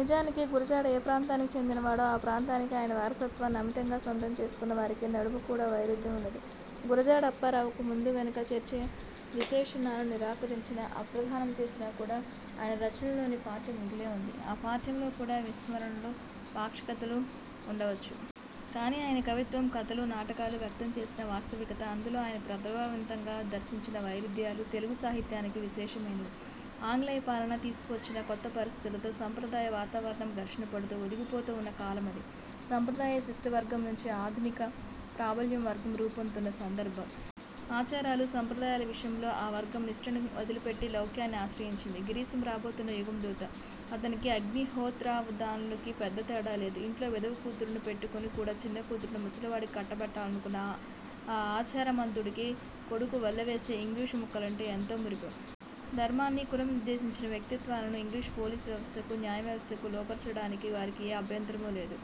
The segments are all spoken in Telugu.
నిజానికి గురజాడ ఏ ప్రాంతానికి చెందినవాడో ఆ ప్రాంతానికి, ఆయన వారసత్వాన్ని అమితంగా సొంతం చేసుకున్నవారికీ నడుమ కూడా వైరుధ్యం ఉన్నది. గురజాడ అప్పారావుకు ముందూ వెనుకా చేర్చే విశేషణాలను నిరాకరించినా, అప్రధానం చేసినా కూడా, ఆయన రచనలలోని పాఠ్యం మిగిలే ఉంటుంది. ఆ పాఠ్యంలో కూడా విస్మరణలూ, పాక్షికతలూ ఉండవచ్చు. కానీ ఆయన కవిత్వం, కథలు, నాట కాలు వ్యక్తం చేసిన వాస్తవికత, అందులో ఆయన ప్రతిభావంతంగా దర్శించిన వైరుధ్యాలూ తెలుగుసాహిత్యానికి విశేషమైనవి. ఆంగ్లేయపాలన తీసుకువచ్చిన కొత్త పరిస్థితులతో, సంప్రదాయ వాతావరణం ఘర్షణ పడుతూ, ఒదిగిపోతూ ఉన్న కాలం అది. సంప్రదాయ శిష్ట వర్గం నుంచే ఆధునిక ప్రాబల్య వర్గం రూపొందుతున్న సందర్భం. ఆచారాలు, సంప్రదాయాల విషయంలో ఆ వర్గం నిష్ఠను వదిలిపెట్టి లౌక్యాన్ని ఆశ్రయించింది. గిరీశం రాబోతున్న యుగం దూత. అతనికీ అగ్నిహోత్రావధాన్లుకీ పెద్ద తేడా లేదు. ఇంట్లో విధవ కూతురును పెట్టుకుని కూడా చిన్న కూతురును ముసలివాడికి కట్టబెట్టాలనుకున్న ఆ ఆచారమంతుడికి, కొడుకు వల్లెవేసే ఇంగ్లీషు ముక్కలంటే ఎంతో మురిపెం. ధర్మాన్నీ, కులం నిర్దేశించిన వ్యక్తిత్వాలను ఇంగ్లీషు పోలీసు వ్యవస్థకు, న్యాయవ్యవస్థకు లోబరచడానికి వారికి ఏ అభ్యంతరమూ లేదు.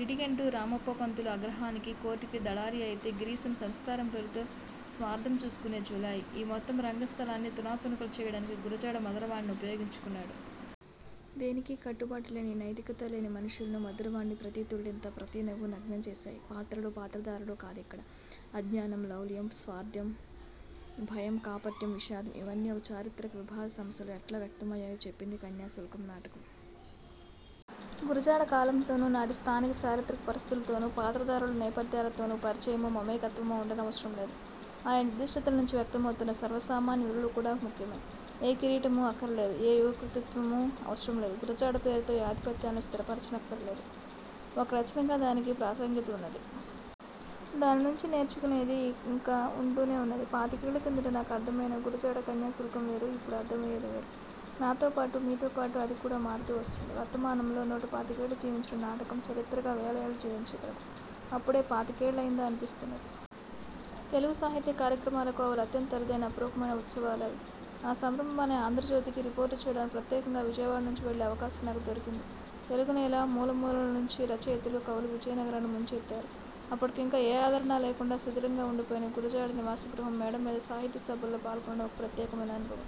లిటిగెంటు రామప్పపంతులు అగ్రహారానికీ, కోర్టుకీ దళారీ అయితే, గిరీశం సంస్కారం పేరుతో స్వార్థం చూసుకునే జులాయి. ఈ మొత్తం రంగస్థలాన్ని తునాతునకలు చేయడానికి గురజాడ మధురవాణిని ఉపయోగించుకున్నాడు. దేనికీ కట్టుబాటు లేని, ఏ నైతికతా లేని మనుషులను మధురవాణి ప్రతి తుళ్లింతా, ప్రతి నవ్వూ నగ్నం చేశాయి. పాత్రలూ పాత్రధారులూ కాదిక్కడ, అజ్ఞానం, లౌల్యం, స్వార్థం, భయం, కాపట్యం, విషాదం ఇవన్నీ ఒక చారిత్రిక విభాత సంధ్యలో ఎట్లా వ్యక్తమయ్యాయో చెప్పింది కన్యాశుల్కం నాటకం. గురజాడ కాలంతోను, నాటి స్థానిక చారిత్రక పరిస్థితులతోను, పాత్రధారుల నేపథ్యాలతోను పరిచయమో, మమేకత్వమో ఉండనవసరం లేదు. ఆయా నిర్దిష్టతలనుంచి వ్యక్తమవుతున్న సర్వసామాన్య విలువలు కూడా ముఖ్యమే. ఏ కిరీటమూ అక్కరలేదు, ఏ యుగకర్తృత్వమూ అవసరం లేదు. గురజాడ పేరుతో ఏ ఆధిపత్యాలనూ స్థిరపరచనక్కరలేదు. ఒక రచనగా దానికి ప్రాసంగికత ఉన్నది. దాని నుంచి నేర్చుకు నేదీ ఇంకా ఉంటూనే ఉన్నది. పాతికేళ్ల కిందట నాకు అర్థమయిన గురజాడ కన్యాశుల్కం వేరు. ఇప్పుడు అర్థమయ్యేది వేరు. నాతో పాటు, మీతోపాటు అది కూడా మారుతూ వస్తున్నది. వర్తమానంలో నూటపాతికేళ్లు జీవించిన నాటకం, చరిత్రగా వేల ఏళ్లు జీవించగలదు. అప్పుడే పాతికేళ్లయిందా అనిపిస్తున్నది. తెలుగు సాహిత్య కార్యక్రమాల కోవలో అత్యంత అరుదైన, అపురూపమైన ఉత్సవాలు అవి. ఆ సంరంభాన్ని ఆంధ్రజ్యోతికి రిపోర్టు చేయడానికి ప్రత్యేకంగా విజయవాడ నుంచి వెళ్లే అవకాశం నాకు దొరికింది. తెలుగునేల మూలమూలల నుంచి రచయితలు, కవులు విజయనగరాన్ని ముంచెత్తారు. అప్పటికింకా ఏ ఆదరణా లేకుండా శిథిలంగా ఉండిపోయిన గురజాడ నివాసగృహం మేడ మీద సాహిత్యసభల్లో పాల్గొనడం ఒక ప్రత్యేకమైన.